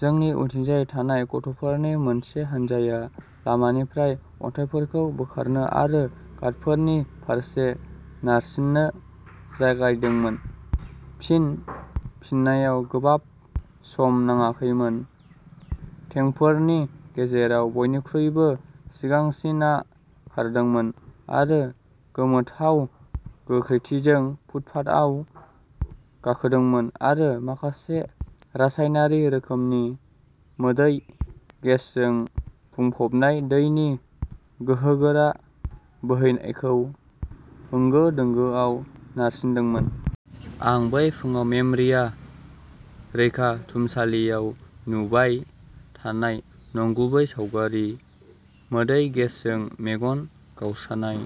जोंनि उनथिं थानाय गथ'फोरनि मोनसे हानजाया लामानिफ्राय अन्थाइफोरखौ बोखारनो आरो गार्डफोरनि फारसे नारसिन्नो जागायदोंमोन। फिन फिननायाव गोबाव सम नाङाखैमोन टेंकफोरनि गेजेराव बयनिख्रुइबो सिगांसिनआ खारदोंमोन, आरो गोमोथाव गोख्रैथिजों फुटपाथआव गाखोदोंमोन आरो माखासे रासायनारि रोखोमनि मोदै गेसजों बुंफबनाय दैनि गोहोगोरा बोहैनायखौ होंगो-दोंगोआव नारसिन्दोंमोन। आं बै फुंआव मेम'रिया रैखाथुमसालियाव नुबाय थानाय नंगुबै सावगारि। मोदै गेसजों मेगन गावस्रानाय,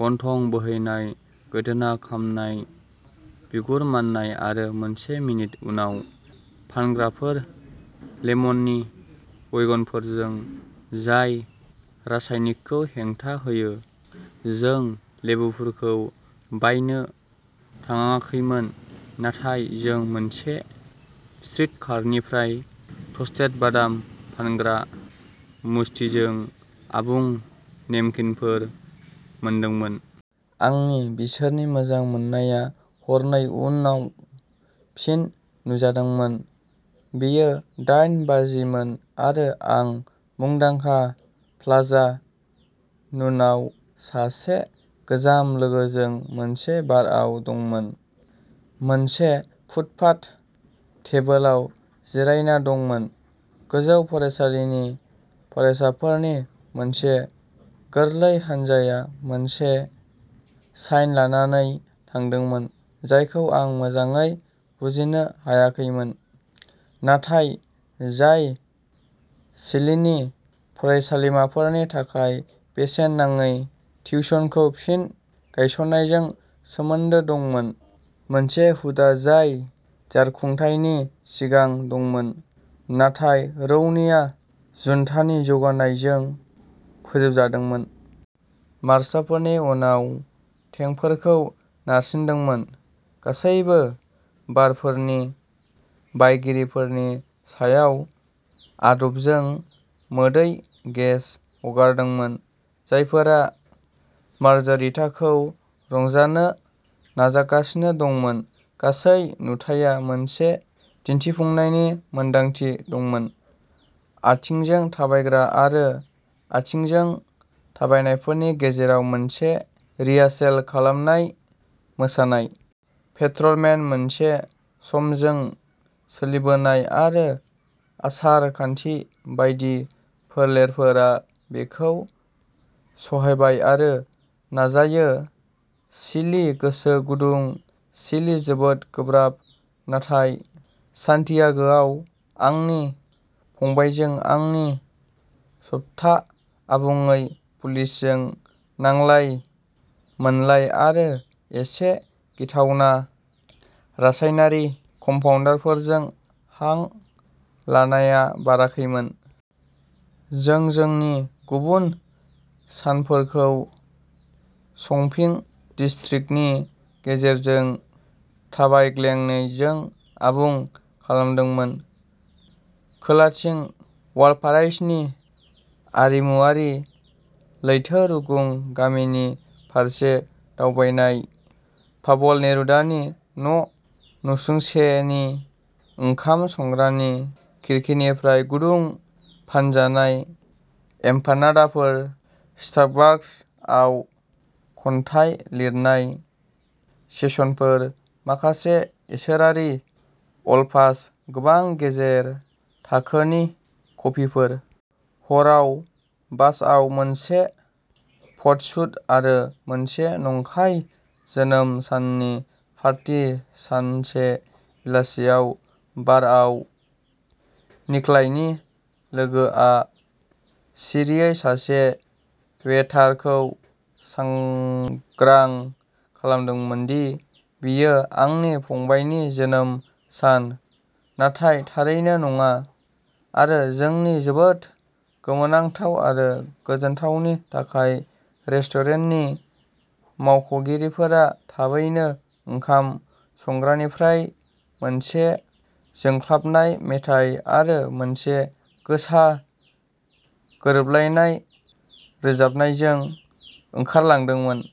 गन्थं बोहैनाय, गोदोना खामनाय, बिगुर माननाय आरो मोनसे मिनिट उनाव, फानग्राफोर लेमननि वैगनफोरजों, जाय रासायनिकखौ हेंथा होयो। जों लेबुफोरखौ बायनो थांङाखैमोन, नाथाय जों मोनसे स्ट्रीट कार्टनिफ्राय टस्टेड बादाम फानग्रा मुष्टिजों आबुं नेपकिनफोर मोनदोंमोन! आं बिसोरनि मोजां मोननाया हरनै उनाव फिन नुजादोंमोन। बेयो दाइन बाजिमोन आरो आं मुंदांखा प्लाजा नुन'याव सासे गोजाम लोगोजों मोनसे बारआव दंमोन, मोनसे फुटपाथ टेबोलाव जिरायना दंमोन। गोजौ फरायसालिनि फरायसाफोरनि मोनसे गोरलै हानजाया मोनसे साइन लानानै थांदोंमोन जायखौ आं मोजाङै बुजिनो हायाखैमोन, नाथाय जाय चिलीनि फरायसालिमाफोरनि थाखाय बेसेन नाङि टिउशनखौ फिन गायसननायजों सोमोन्दो दंमोन, मोनसे हुदा जाय जारखुंथायनि सिगां दंमोन नाथाय रौनिया जुन्टानि जौगानायजों फोजोबजादोंमोन। मार्चारफोरनि उनाव टेंकफोरखौ नारसिंदोंमोन, गासैबो बारफोरनि बायगिरिफोरनि सायाव आदबजों मोदै गेस हगारदोंमोन, जायफोरा मार्जारिताखौ रंजानो नाजागासिनो दंमोन। गासै नुथाया मोनसे दिन्थिफुंनायनि मोनदांथि दंमोन आथिंजों थाबायग्रा आरो आथिंजों थाबायनायफोरनि गेजेराव मोनसे रिहार्सेल खालामनाय मोसानाय। पेट्रलमेन, मोनसे समजों सोलिबोनाय आरो आसार-खान्थि बायदि। फोलेरफोरा बेखौ सहायबाय आरो नाजायो। चिलि, गोसो गुदुं, चिलि, जोबोद गोब्राब। नाथाय, सान्टियागोआव आंनि फंबायजों आंनि सप्ता आबुङै पुलिसजों नांलाय-मोनलाय आरो एसे गिथावना रासायनारि कम्पाउन्डफोरखौ हां लानायाव बाराखैमोन। जों जोंनि गुबुन सानफोरखौ शपिं डिस्ट्रिक्टनि गेजेरजों थाबायग्लिनायजों आबुं खालामदोंमोन, खोलाथिं वालपाराइस'नि आरिमुआरि लैथो रुगुं गामिनि फारसे दावबायनाय, पाब्ल'नेरुदानि न', नसुंसेनि ओंखाम संग्रानि खिरखिनिफ्राय गुदुं फानजानाय एम्पानाडाफोर, स्टारबाकसआव खन्थाइ लिरनाय सेसनफोर। माखासे इसोरारि अल्फाज'र्स, गोबां गेजेर थाखोनि कफिफोर। हराव बासआव मोनसे फटसुट आरो मोनसे नंखाय जोनोम साननि पार्टी सानसे बेलासियाव बारआव निक'लाइनि लोगोआ सिरियै सासे वेटारनो सांग्रां खालामदोंमोन दि बेयो आंनि फंबायनि जोनोम सान, नाथाय थारैनो नङा, आरो जोंनि जोबोद गोमोथाव आरो गोजोनथावनि थाखाय रेस्टुरेन्टनि मावख'गिरिफोरा थाबैनो ओंखाम संग्रानिफ्राय मोनसे जोंख्लाबनाय मिथाइ आरो मोनसे गोसा, गोरोबलायनाय रोजाबनायजों ओंखारलांदोंमोन।